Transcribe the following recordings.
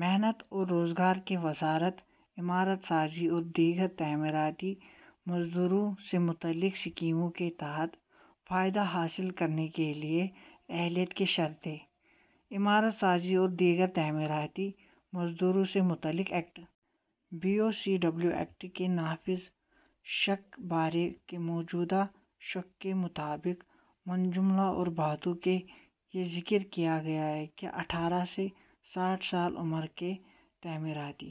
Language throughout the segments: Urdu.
محنت اور روزگار کی وزارت عمارات سازی اور دیگر تعمیراتی مزدوروں سے متعلق اسکیم کے تحت فوائد حاصل کرنے کے لیے اہلیت کی شرائط عمارات سازی اور دیگر تعمیراتی مزدوروں سے متعلق act, B O C W act, کی نافذ دفعہ بارہ کی موجودہ شقوں کے مطابق منجملہ اور باتوں کے یہ ذکر کیا گیا ہے کہ ہر اٹھارہ سے ساٹھ سال کی عمر کا تعمیراتی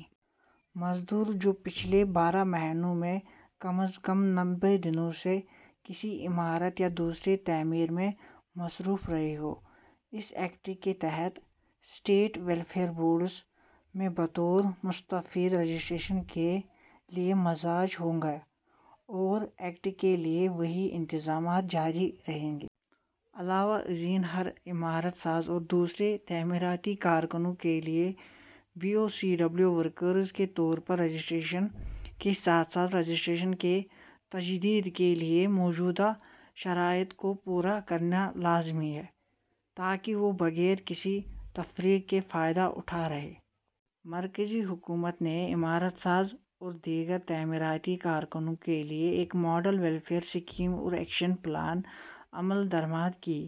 مزدور جو پچھلے بارہ مہینوں میں کم از کم نوے دنوں سے کسی عمارت یا دوسری تعمیر میں مصروف رہا ہو، اس ایکٹ کے تحت اسٹیٹ ویلفیئر بورڈز میں بطور مستفید رجسٹریشن کے لیے مجاز ہوگا اور ایکٹ کے لیے وہی انتظامات جاری رہیں گے۔ علاوہ ازیں، ہر عمارات ساز اور دوسرے تعمیراتی کارکن کے لیے بی او سی ورکرز کے طور پر رجسٹریشن کے ساتھ ساتھ رجسٹریشن کی تجدید کے لیے موجودہ شرائط کو پورا کرنا لازمی ہے تاکہ وہ بغیر کسی تفریق کے فائدہ اٹھاتے رہیں۔ مرکزی حکومت نے عمارات ساز اور دیگر تعمیراتی کارکنوں کے لیے ایک ماڈل ویلفیئر اسکیم اور ایکشن پلان، عمل درآمد کی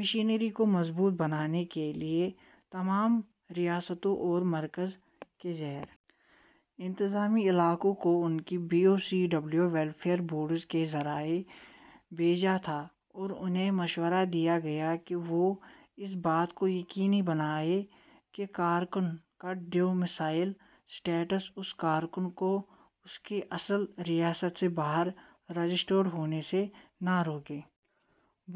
مشینری کو مضبوط بنانے کے لیے تمام ریاستوں اور مرکز کے زیر انتظام علاقوں کو ان کے B O C W welfare boards کے ذریعے بھیجا تھا اور انہیں مشورہ دیا گیا کہ وہ اس بات کو یقینی بنائیں کہ کارکن کی ڈومیسائل کی حیثیت کارکن کو اس کی اصل ریاست سے باہر رجسٹرڈ ہونے سے نہ روکے۔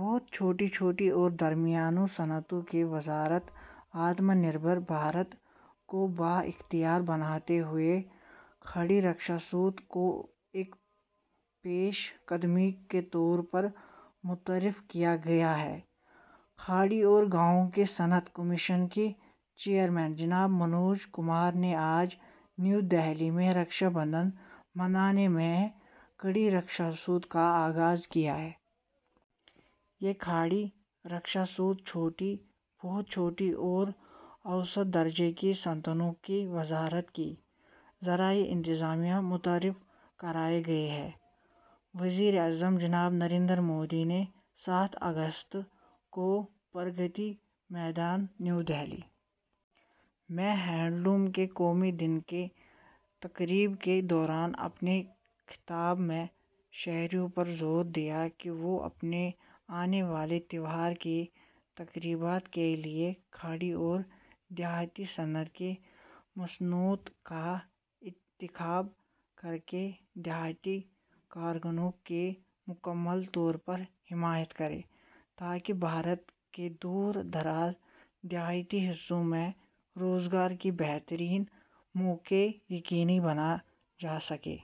بہت چھوٹی، چھوٹی اور درمیانی صنعتوں کی وزارت آتم نربھر بھارت کو بااختیار بناتے ہوئے کھادی رکشا سوت کو ایک پیش قدمی کے طور پر متعارف کیا گیا ہے۔ کھادی اور گاؤں کی صنعت کمیشن کے چیئرمین، جناب منوج کمار نے آج نئی دہلی میں رکشا بندھن منانے میں کھادی رکشا سوت کا آغاز کیا ہے۔ یہ کھادی رکشا سوت چھوٹی، بہت چھوٹی اور اوسط درجے کی صنعتوں کی وزارت کے زیراہتمام متعارف کرایا گیا ہے۔ وزیر اعظم جناب نریندر مودی نے سات اگست کو پرگتی میدان، نئی دہلی میں ہینڈلوم کے قومی دن کی تقریب کے دوران اپنے خطاب میں شہریوں پر زور دیا کہ وہ اپنے آنے والے تہواروں کی تقریبات کے لیے کھادی اور دیہی صنعت کی مصنوعات کا انتخاب کرکے دیہی کاریگروں کی مکمل طور پر حمایت کریں، تاکہ بھارت کے دور دراز دیہی حصوں میں روزگار کے بہترین مواقع کو یقینی بنایا جاسکے۔